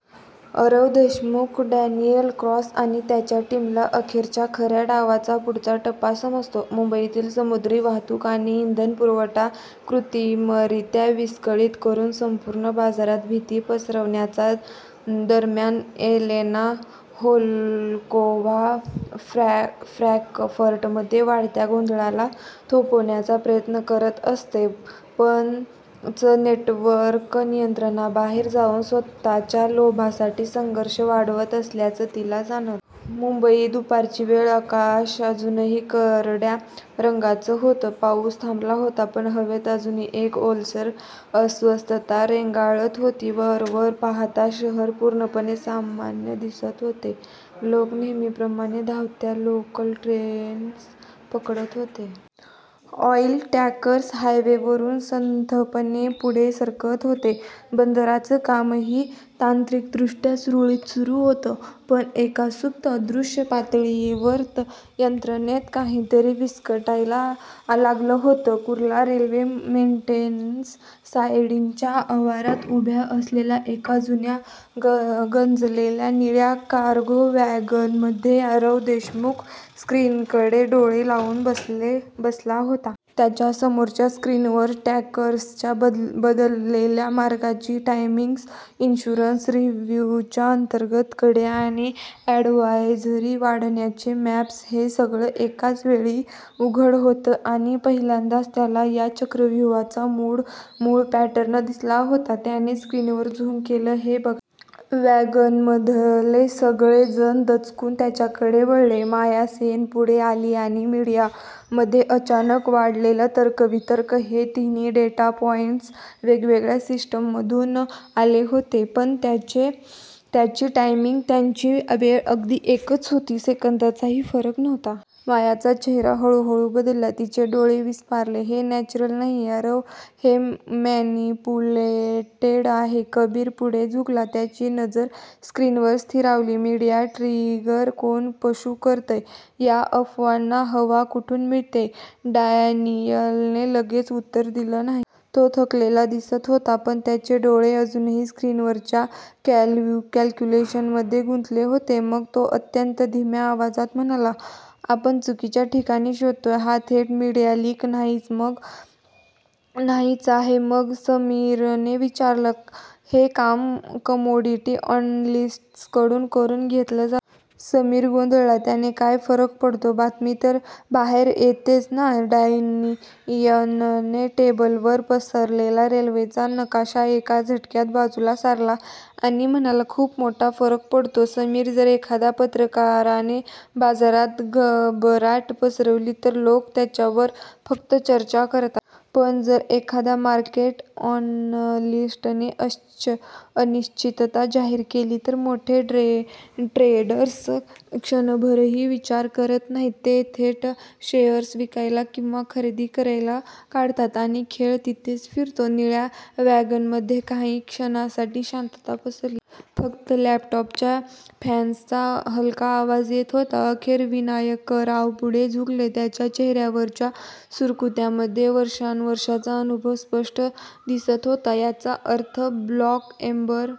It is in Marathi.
आरव देशमुख, डॅनियल क्रॉस आणि त्यांच्या टीमला अखेर च्या खऱ्या डावाचा पुढचा टप्पा समजतो मुंबईतील समुद्री वाहतूक आणि इंधन पुरवठा कृत्रिमरीत्या विस्कळीत करून संपूर्ण बाजारात भीती पसरवण्याचा. दरम्यान एलेना व्होल्कोव्हा फ्रँकफर्टमध्ये वाढत्या गोंधळाला थोपवण्याचा प्रयत्न करत असते, पण चं नेटवर्क नियंत्रणाबाहेर जाऊन स्वतःच्या लोभासाठी संघर्ष वाढवत असल्याचं तिला जाणवतं. मुंबई, दुपारची वेळ. आकाश अजूनही करड्या रंगाचं होतं. पाऊस थांबला होता, पण हवेत अजूनही एक ओलसर अस्वस्थता रेंगाळत होती. वरवर पाहता शहर पूर्णपणे सामान्य दिसत होतं. लोक नेहमीप्रमाणे धावत्या लोकल ट्रेन्स पकडत होते. ऑईल टँकर्स हायवेवरून संथपणे पुढे सरकत होते. बंदरांचं कामही तांत्रिकदृष्ट्या सुरळीत सुरू होतं. पण एका सुप्त, अदृश्य पातळीवर यंत्रणेत काहीतरी विस्कटायला लागलं होतं. कुर्ला रेल्वे मेंटेनन्स सायडिंगच्या आवारात उभ्या असलेल्या एका जुन्या, गंजलेल्या निळ्या कार्गो वॅगनमध्ये आरव देशमुख स्क्रीनकडे डोळे लावून बसला होता. त्याच्या समोरच्या स्क्रीनवर टँकर्सच्या बदललेल्या मार्गांची टायमिंग्स, इन्शुरन्स रिव्ह्यूच्या अंतर्गत कड्या आणि अॅडव्हायझरी वाढवण्याचे मॅप्स हे सगळं एकाच वेळी उघडं होतं आणि पहिल्यांदाच त्याला या चक्रव्यूहाचा मूळ पॅटर्न दिसत होता. त्याने स्क्रीनवर झूम केलं, "हे बघा. " वॅगनमधले सगळे जण दचकून त्याच्याकडे वळले. माया सेन पुढे आली आणि मीडियामध्ये अचानक वाढलेले तर्कवितर्क हे तिन्ही डेटा पॉइंट्स वेगवेगळ्या सिस्टीम्समधून आले होते, पण त्यांची टायमिंग त्यांची वेळ अगदी एकच होती. सेकंदाचाही फरक नव्हता. मायाचा चेहरा हळूहळू बदलला. तिचे डोळे विस्फारले. "हे नॅचरल नाहीये आरव हे मॅनिपुलेटेड आहे." कबीर पुढे झुकला. त्याची नजर स्क्रीनवर स्थिरावली. "मीडिया ट्रिगर कोण पुश करतंय? या अफवांना हवा कुठून मिळतेय? " डॅनियलने लगेच उत्तर दिलं नाही. तो थकलेला दिसत होता, पण त्याचे डोळे अजूनही स्क्रीनवरच्या कॅल्क्युलेशन्समध्ये गुंतले होते. मग तो अत्यंत धीम्या आवाजात म्हणाला, "आपण चुकीच्या ठिकाणी शोधतोय. हा थेट मीडिया लीक नाहीच आहे." "मग? " समीरने विचारलं. "हे काम 'कमोडिटी अॅनालिस्ट्स' कडून करून घेतलं जातंय. " समीर गोंधळला, "त्याने काय फरक पडतो? बातमी तर बाहेर येतेच ना? " डॅनियलने टेबलवर पसरलेला रेल्वेचा नकाशा एका झटक्यात बाजूला सारला आणि म्हणाला, "खूप मोठा फरक पडतो समीर. जर एखाद्या पत्रकाराने बाजारात घबराट पसरवली तर लोक त्यावर फक्त चर्चा करतात. पण जर एखाद्या मार्केट अॅनालिस्टने अनिश्चितता जाहीर केली. तर मोठे ट्रेडर्स क्षणभरही विचार करत नाहीत. ते थेट शेअर्स विकायला किंवा खरेदी करायला काढतात आणि खेळ तिथेच फिरतो. " निळ्या वॅगनमध्ये काही क्षणांसाठी शांतता पसरली. फक्त लॅपटॉपच्या फॅन्सचा हलका आवाज येत होता. अखेर विनायकराव पुढे झुकले. त्यांच्या चेहऱ्यावरच्या सुरकुत्यांमध्ये वर्षानुवर्षांचा अनुभव स्पष्ट दिसत होता." याचा अर्थ 'ब्लॅक एम्बर'